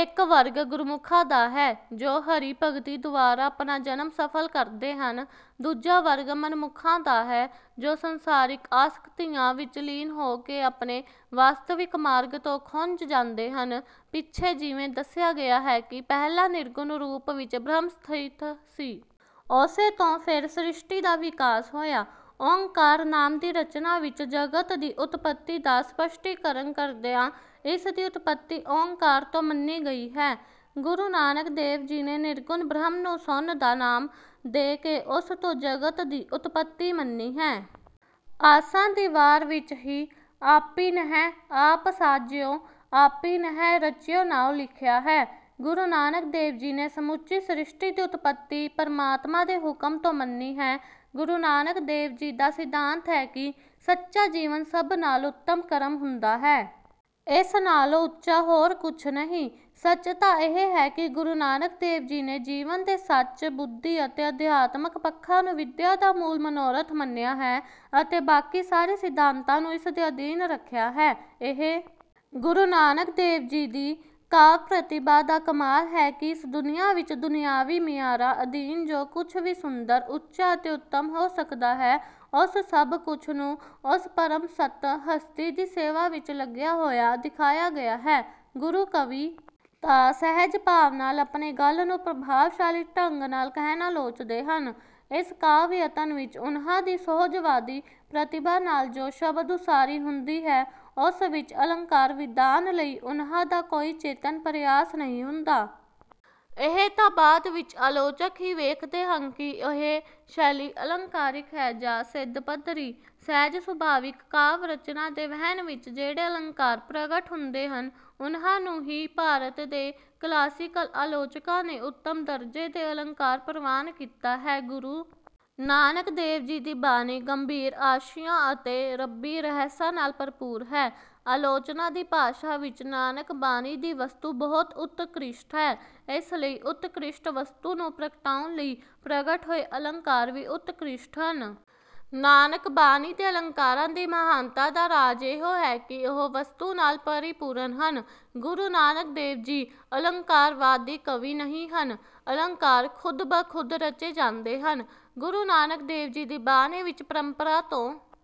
ਇੱਕ ਵਰਗ ਗੁਰਮੁਖਾਂ ਦਾ ਹੈ, ਜੋ ਹਰਿ-ਭਗਤੀ ਦੁਆਰਾ ਆਪਣਾ ਜਨਮ ਸਫ਼ਲ ਕਰਦੇ ਹਨ। ਦੂਜਾ ਵਰਗ ਮਨਮੁਖਾਂ ਦਾ ਹੈ, ਜੋ ਸੰਸਾਰਿਕ ਆਸਕਤੀਆਂ ਵਿੱਚ ਲੀਨ ਹੋ ਕੇ ਆਪਣੇ ਵਾਸਤਵਿਕ ਮਾਰਗ ਤੋਂ ਖੁੰਝ ਜਾਂਦੇ ਹਨ। ਪਿੱਛੇ ਜਿਵੇਂ ਦੱਸਿਆ ਗਿਆ ਹੈ ਕਿ ਪਹਿਲਾਂ ਨਿਰਗੁਣ ਰੂਪ ਵਿੱਚ ਬ੍ਰਹਮ ਸਥਿਤ ਸੀ। ਉਸੇ ਤੋਂ ਫਿਰ ਸ੍ਰਿਸ਼ਟੀ ਦਾ ਵਿਕਾਸ ਹੋਇਆ। ‘ਓਅੰਕਾਰ’ ਨਾਮ ਦੀ ਰਚਨਾ ਵਿੱਚ ਜਗਤ ਦੀ ਉਤਪੱਤੀ ਦਾ ਸਪੱਸ਼ਟੀਕਰਨ ਕਰਦਿਆਂ ਇਸ ਦੀ ਉਤਪੱਤੀ ‘ਓਅੰਕਾਰ’ ਤੋਂ ਮੰਨੀ ਗਈ ਹੈ। ਗੁਰੂ ਨਾਨਕ ਦੇਵ ਜੀ ਨੇ ਨਿਰਗੁਣ ਬ੍ਰਹਮ ਨੂੰ ‘ਸੁੰਨ’ ਦਾ ਨਾਮ ਦੇ ਕੇ ਉਸ ਤੋਂ ਜਗਤ ਦੀ ਉਤਪੱਤੀ ਮੰਨੀ ਹੈ। ‘ਆਸਾ ਦੀ ਵਾਰ’ ਵਿੱਚ ਵੀ “ਆਪੀਨ੍ਹੈ ਆਪੁ ਸਾਜਿਓ, ਆਪੀਨ੍ਹੈ ਰਚਿਓ ਨਾਉ” ਲਿਖਿਆ ਹੈ। ਗੁਰੂ ਨਾਨਕ ਦੇਵ ਜੀ ਨੇ ਸਮੁੱਚੀ ਸ੍ਰਿਸ਼ਟੀ ਦੀ ਉਤਪੱਤੀ ਪਰਮਾਤਮਾ ਦੇ ਹੁਕਮ ਤੋਂ ਮੰਨੀ ਹੈ। ਗੁਰੂ ਨਾਨਕ ਦੇਵ ਜੀ ਦਾ ਸਿਧਾਂਤ ਹੈ ਕਿ ਸੱਚਾ ਜੀਵਨ ਸਭ ਨਾਲੋਂ ਉੱਤਮ ਕਰਮ ਹੁੰਦਾ ਹੈ। ਇਸ ਨਾਲੋਂ ਉੱਚਾ ਹੋਰ ਕੁਝ ਨਹੀਂ। ਸੱਚ ਤਾਂ ਇਹ ਹੈ ਕਿ ਗੁਰੂ ਨਾਨਕ ਦੇਵ ਜੀ ਨੇ ਜੀਵਨ ਦੇ ਸੱਚ, ਬੁੱਧੀ ਅਤੇ ਅਧਿਆਤਮਿਕ ਪੱਖਾਂ ਨੂੰ ਵਿਦਿਆ ਦਾ ਮੂਲ ਮਨੋਰਥ ਮੰਨਿਆ ਹੈ ਅਤੇ ਬਾਕੀ ਸਾਰੇ ਸਿਧਾਂਤਾਂ ਨੂੰ ਇਸ ਦੇ ਅਧੀਨ ਰੱਖਿਆ ਹੈ। ਇਹ ਗੁਰੂ ਨਾਨਕ ਦੇਵ ਜੀ ਦੀ ਕਾਵਿ-ਪ੍ਰਤਿਭਾ ਦਾ ਕਮਾਲ ਹੈ ਕਿ ਇਸ ਦੁਨੀਆ ਵਿੱਚ ਦੁਨਿਆਵੀ ਮਿਆਰਾਂ ਅਧੀਨ ਜੋ ਕੁਝ ਵੀ ਸੁੰਦਰ, ਉੱਚਾ ਅਤੇ ਉੱਤਮ ਹੋ ਸਕਦਾ ਹੈ, ਉਸ ਸਭ ਕੁਝ ਨੂੰ ਉਸ ਪਰਮ ਸਤਿ-ਹਸਤੀ ਦੀ ਸੇਵਾ ਵਿੱਚ ਲੱਗਿਆ ਹੋਇਆ ਦਿਖਾਇਆ ਗਿਆ ਹੈ। ਗੁਰੂ-ਕਵੀ ਤਾਂ ਸਹਿਜ-ਭਾਵ ਨਾਲ ਆਪਣੀ ਗੱਲ ਨੂੰ ਪ੍ਰਭਾਵਸ਼ਾਲੀ ਢੰਗ ਨਾਲ ਕਹਿਣਾ ਲੋਚਦੇ ਹਨ। ਇਸ ਕਾਵਿ-ਯਤਨ ਵਿੱਚ ਉਨ੍ਹਾਂ ਦੀ ਸੁਹਜਵਾਦੀ ਪ੍ਰਤਿਭਾ ਨਾਲ ਜੋ ਸ਼ਬਦ-ਉਸਾਰੀ ਹੁੰਦੀ ਹੈ, ਉਸ ਵਿੱਚ ਅਲੰਕਾਰ-ਵਿਧਾਨ ਲਈ ਉਨ੍ਹਾਂ ਦਾ ਕੋਈ ਚੇਤਨ ਪ੍ਰਯਾਸ ਨਹੀਂ ਹੁੰਦਾ। ਇਹ ਤਾਂ ਬਾਅਦ ਵਿੱਚ ਆਲੋਚਕ ਹੀ ਵੇਖਦੇ ਹਨ ਕਿ ਇਹ ਸ਼ੈਲੀ ਅਲੰਕਾਰਿਕ ਹੈ ਜਾਂ ਸਿੱਧ-ਪੱਧਰੀ। ਸਹਿਜ-ਸੁਭਾਵਿਕ ਕਾਵਿ-ਰਚਨਾ ਦੇ ਵਹਿਣ ਵਿੱਚ ਜਿਹੜੇ ਅਲੰਕਾਰ ਪ੍ਰਗਟ ਹੁੰਦੇ ਹਨ, ਉਨ੍ਹਾਂ ਨੂੰ ਹੀ ਭਾਰਤ ਦੇ ਕਲਾਸੀਕਲ ਆਲੋਚਕਾਂ ਨੇ ਉੱਤਮ ਦਰਜੇ ਦੇ ਅਲੰਕਾਰ ਪ੍ਰਵਾਨ ਕੀਤਾ ਹੈ। ਗੁਰੂ ਨਾਨਕ ਦੇਵ ਜੀ ਦੀ ਬਾਣੀ ਗੰਭੀਰ ਆਸ਼ਿਆਂ ਅਤੇ ਰੱਬੀ ਰਹੱਸਾਂ ਨਾਲ ਭਰਪੂਰ ਹੈ। ਆਲੋਚਨਾ ਦੀ ਭਾਸ਼ਾ ਵਿੱਚ ਨਾਨਕ-ਬਾਣੀ ਦੀ ਵਸਤੂ ਬਹੁਤ ਉਤਕ੍ਰਿਸ਼ਟ ਹੈ। ਇਸ ਲਈ ਉਤਕ੍ਰਿਸ਼ਟ ਵਸਤੂ ਨੂੰ ਪ੍ਰਗਟਾਉਣ ਲਈ ਪ੍ਰਗਟ ਹੋਏ ਅਲੰਕਾਰ ਵੀ ਉਤਕ੍ਰਿਸ਼ਟ ਹਨ। ਨਾਨਕ-ਬਾਣੀ ਦੇ ਅਲੰਕਾਰਾਂ ਦੀ ਮਹਾਨਤਾ ਦਾ ਰਾਜ ਇਹੋ ਹੈ ਕਿ ਉਹ ਵਸਤੂ ਨਾਲ ਪਰਿਪੂਰਨ ਹਨ। ਗੁਰੂ ਨਾਨਕ ਦੇਵ ਜੀ ਅਲੰਕਾਰਵਾਦੀ ਕਵੀ ਨਹੀਂ ਹਨ। ਅਲੰਕਾਰ ਖ਼ੁਦ-ਬ-ਖ਼ੁਦ ਰਚੇ ਜਾਂਦੇ ਹਨ। ਗੁਰੂ ਨਾਨਕ ਦੇਵ ਜੀ ਦੀ ਬਾਣੀ ਵਿੱਚ ਪਰੰਪਰਾ ਤੋਂ…